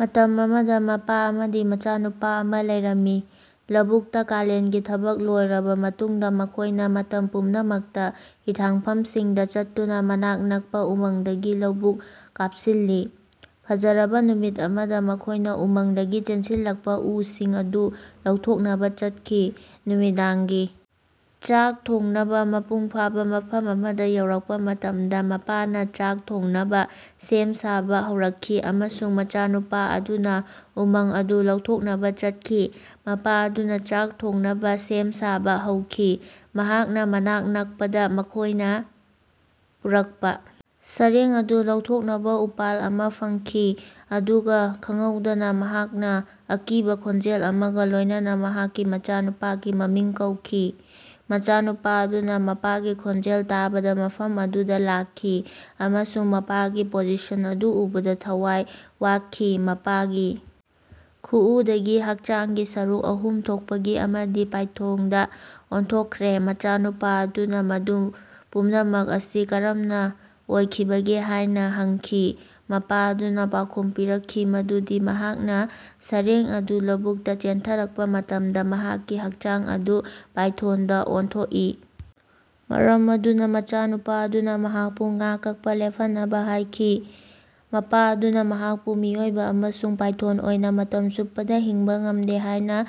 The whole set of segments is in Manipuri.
ꯃꯇꯝ ꯑꯃꯗꯥ ꯃꯄꯥ ꯑꯃꯗꯤ ꯃꯆꯥꯅꯨꯄꯥ ꯑꯃꯥ ꯂꯩꯔꯝꯃꯤ꯫ ꯂꯧꯕꯨꯛꯇꯥ ꯀꯥꯂꯦꯟꯒꯤ ꯊꯕꯛ ꯂꯣꯏꯔꯕꯥ ꯃꯇꯨꯡꯗꯥ ꯃꯈꯣꯏꯅꯥ ꯃꯇꯝ ꯄꯨꯝꯅꯃꯛꯇꯥ ꯍꯤꯊꯥꯡꯐꯝꯁꯤꯡꯗꯥ ꯆꯠꯇꯨꯅꯥ ꯃꯅꯥꯛ ꯅꯛꯄꯥ ꯎꯃꯪꯗꯒꯤ ꯂꯧꯕꯨꯛ ꯀꯥꯞꯁꯤꯜꯂꯤ꯫ ꯐꯖꯔꯕꯥ ꯅꯨꯃꯤꯠ ꯑꯃꯗꯥ ꯃꯈꯣꯏꯅꯥ ꯎꯃꯪꯗꯒꯤ ꯆꯦꯟꯁꯤꯜꯂꯛꯄꯥ ꯎꯁꯤꯡ ꯑꯗꯨ ꯂꯧꯊꯣꯛꯅꯕꯥ ꯆꯠꯈꯤ꯫ ꯅꯨꯃꯤꯗꯥꯡꯒꯤ ꯆꯥꯛ ꯊꯣꯡꯅꯕꯥ ꯃꯄꯨꯡ ꯐꯥꯕꯥ ꯃꯐꯝ ꯑꯃꯗꯥ ꯌꯧꯔꯛꯄꯥ ꯃꯇꯝꯗꯥ ꯃꯄꯥꯅꯥ ꯆꯥꯛ ꯊꯣꯡꯅꯕꯥ ꯁꯦꯝ ꯁꯥꯕꯥ ꯍꯧꯔꯛꯈꯤ ꯑꯃꯁꯨꯡ ꯃꯆꯥꯅꯨꯄꯥ ꯑꯗꯨꯅꯥ ꯎꯃꯪ ꯑꯗꯨ ꯂꯧꯊꯣꯛꯅꯕꯥ ꯆꯪꯈꯤ꯫ ꯃꯄꯥ ꯑꯗꯨꯅꯥ ꯆꯥꯛ ꯊꯣꯡꯅꯕꯥ ꯁꯦꯝ ꯁꯥꯕꯥ ꯍꯧꯈꯤ꯫ ꯃꯍꯥꯛꯅꯥ ꯃꯅꯥꯛ ꯅꯛꯄꯗꯥ ꯃꯈꯣꯏꯅꯥ ꯄꯨꯔꯛꯄꯥ ꯁꯥꯔꯦꯡ ꯑꯗꯨ ꯂꯧꯊꯣꯛꯅꯕꯥ ꯎꯄꯥꯜ ꯑꯃꯥ ꯐꯪꯈꯤ ꯑꯗꯨꯒꯥ ꯈꯪꯍꯧꯗꯅꯥ ꯃꯍꯥꯛꯅꯥ ꯑꯀꯤꯕꯥ ꯈꯣꯟꯖꯦꯜ ꯑꯃꯒꯥ ꯂꯣꯏꯅꯅꯥ ꯃꯍꯥꯛꯀꯤ ꯃꯆꯥꯅꯨꯄꯥꯒꯤ ꯃꯃꯤꯡ ꯀꯧꯈꯤ꯫ ꯃꯆꯥꯅꯨꯄꯥ ꯑꯗꯨꯅꯥ ꯃꯄꯥꯒꯤ ꯈꯣꯟꯖꯦꯜ ꯇꯥꯕꯗꯥ ꯃꯐꯝ ꯑꯗꯨꯗꯥ ꯂꯥꯛꯈꯤ ꯑꯃꯁꯨꯡ ꯃꯄꯥꯒꯤ ꯄꯣꯖꯤꯁꯟ ꯑꯗꯨ ꯎꯕꯗꯥ ꯊꯋꯥꯏ ꯋꯥꯈꯤ꯫ ꯃꯄꯥꯒꯤ ꯈꯨꯎꯗꯒꯤ ꯍꯛꯆꯥꯡꯒꯤ ꯁꯔꯨꯛ ꯑꯍꯨꯝ ꯊꯣꯛꯄꯒꯤ ꯑꯃꯗꯤ ꯄꯥꯏꯊꯣꯡꯗꯥ ꯑꯣꯟꯊꯣꯛꯈ꯭ꯔꯦ꯫ ꯃꯆꯥꯅꯨꯄꯥ ꯑꯗꯨꯅꯥ ꯃꯗꯨ ꯄꯨꯝꯅꯃꯛ ꯑꯁꯤ ꯀꯔꯝꯅꯥ ꯑꯣꯏꯈꯤꯕꯒꯦ ꯍꯥꯏꯅꯥ ꯍꯪꯈꯤ꯫ ꯃꯄꯥ ꯑꯗꯨꯅꯥ ꯄꯥꯎꯈꯨꯝ ꯄꯤꯔꯛꯈꯤ ꯃꯗꯨꯗꯤ ꯃꯍꯥꯛꯅꯥ ꯁꯥꯔꯦꯡ ꯑꯗꯨ ꯂꯧꯕꯨꯛꯇꯥ ꯆꯦꯟꯊꯔꯛꯄꯥ ꯃꯇꯝꯗꯥ ꯃꯍꯥꯛꯀꯤ ꯍꯛꯆꯥꯡ ꯑꯗꯨ ꯄꯥꯏꯊꯣꯟꯗꯥ ꯑꯣꯟꯊꯣꯛꯏ ꯃꯔꯝ ꯑꯗꯨꯅꯥ ꯃꯆꯥꯅꯨꯄꯥ ꯑꯗꯨꯅꯥ ꯃꯍꯥꯛꯄꯨ ꯉꯥ ꯀꯛꯄꯥ ꯂꯦꯞꯍꯟꯅꯕꯥ ꯍꯥꯏꯈꯤ꯫ ꯃꯄꯥ ꯑꯗꯨꯅꯥ ꯃꯍꯥꯛꯄꯨ ꯃꯤꯑꯣꯏꯕꯥ ꯑꯃꯁꯨꯡ ꯄꯥꯏꯊꯣꯟ ꯑꯣꯏꯅꯥ ꯃꯇꯝ ꯆꯨꯞꯄꯗꯥ ꯍꯤꯡꯕꯥ ꯉꯝꯗꯦ ꯍꯥꯏꯅꯥ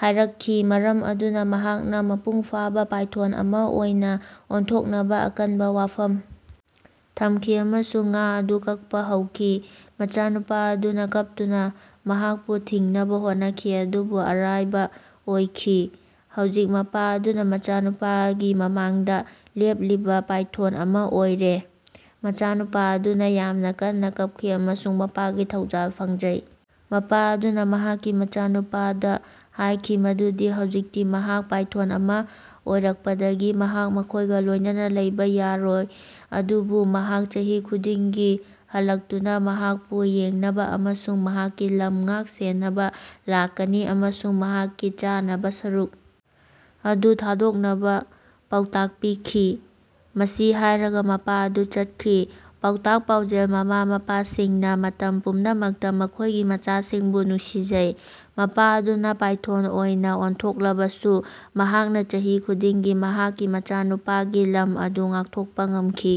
ꯍꯥꯏꯔꯛꯈꯤ ꯃꯔꯝ ꯑꯗꯨꯅꯥ ꯃꯍꯥꯛꯅꯥ ꯃꯄꯨꯡ ꯐꯥꯕꯥ ꯄꯥꯏꯊꯣꯟ ꯑꯃꯥ ꯑꯣꯏꯅꯥ ꯑꯣꯟꯊꯣꯛꯅꯕꯥ ꯑꯀꯟꯕꯥ ꯋꯥꯐꯝ ꯊꯝꯈꯤ ꯑꯃꯁꯨꯡ ꯉꯥ ꯑꯗꯨ ꯀꯛꯄꯥ ꯍꯧꯈꯤ꯫ ꯃꯆꯥꯅꯨꯄꯥ ꯑꯗꯨꯅꯥ ꯀꯞꯇꯨꯅꯥ ꯃꯍꯥꯛꯄꯨ ꯊꯤꯡꯅꯕꯥ ꯍꯣꯠꯅꯈꯤ ꯑꯗꯨꯕꯨ ꯑꯔꯥꯏꯕꯥ ꯑꯣꯏꯈꯤ꯫ ꯍꯧꯖꯤꯛ ꯃꯄꯥ ꯑꯗꯨꯅꯥ ꯃꯆꯥꯅꯨꯄꯥꯒꯤ ꯃꯃꯥꯡꯗꯥ ꯂꯦꯞꯂꯤꯕꯥ ꯄꯥꯏꯊꯣꯟ ꯑꯃꯥ ꯑꯣꯏꯔꯦ꯫ ꯃꯆꯥꯅꯨꯄꯥ ꯑꯗꯨꯅꯥ ꯌꯥꯝꯅꯥ ꯀꯟꯅꯥ ꯀꯞꯈꯤ ꯑꯃꯁꯨꯡ ꯃꯄꯥꯒꯤ ꯊꯧꯖꯥꯜ ꯐꯪꯖꯩ꯫ ꯃꯄꯥ ꯑꯗꯨꯅꯥ ꯃꯍꯥꯛꯀꯤ ꯃꯆꯥꯅꯨꯄꯥꯗꯥ ꯍꯥꯏꯈꯤ ꯃꯗꯨꯗꯤ ꯍꯧꯖꯤꯛꯇꯤ ꯃꯍꯥꯛ ꯄꯥꯏꯊꯣꯟ ꯑꯃꯥ ꯑꯣꯏꯔꯛꯄꯗꯒꯤ ꯃꯍꯥꯛ ꯃꯈꯣꯏꯒꯥ ꯂꯣꯏꯅꯅꯥ ꯂꯩꯕꯥ ꯌꯥꯔꯣꯏ ꯑꯗꯨꯕꯨ ꯃꯍꯥꯛ ꯆꯍꯤ ꯈꯨꯗꯤꯡꯒꯤ ꯍꯜꯂꯛꯇꯨꯅꯥ ꯃꯍꯥꯛꯄꯨ ꯌꯦꯡꯅꯕꯥ ꯑꯃꯁꯨꯡ ꯃꯍꯥꯛꯀꯤ ꯂꯝ ꯉꯥꯛ ꯁꯦꯟꯅꯕꯥ ꯂꯥꯛꯀꯅꯤ ꯑꯃꯁꯨꯡ ꯃꯍꯥꯛꯀꯤ ꯆꯥꯅꯕꯥ ꯁꯔꯨꯛ ꯑꯗꯨ ꯊꯥꯗꯣꯛꯅꯕꯥ ꯄꯥꯎꯇꯥꯛ ꯄꯤꯈꯤ꯫ ꯃꯁꯤ ꯍꯥꯏꯔꯒꯥ ꯃꯄꯥ ꯑꯗꯨ ꯆꯠꯈꯤ꯫ ꯄꯥꯎꯇꯥꯛ ꯄꯥꯎꯖꯦꯜ ꯃꯃꯥ ꯃꯄꯥꯁꯤꯡꯅꯥ ꯃꯇꯝ ꯄꯨꯝꯅꯃꯛꯇꯥ ꯃꯈꯣꯏꯒꯤ ꯃꯆꯥꯁꯤꯡꯕꯨ ꯅꯨꯡꯁꯤꯖꯩ꯫ ꯃꯄꯥ ꯑꯗꯨ ꯄꯥꯏꯊꯣꯟ ꯑꯣꯏꯅꯥ ꯑꯣꯟꯊꯣꯛꯂꯕꯁꯨ ꯃꯍꯥꯛꯅꯥ ꯆꯍꯤ ꯈꯨꯗꯤꯡꯒꯤ ꯃꯍꯥꯛꯀꯤ ꯃꯆꯥꯅꯨꯄꯥꯒꯤ ꯂꯝ ꯑꯗꯨ ꯉꯥꯛꯊꯣꯛꯄꯥ ꯉꯝꯈꯤ꯫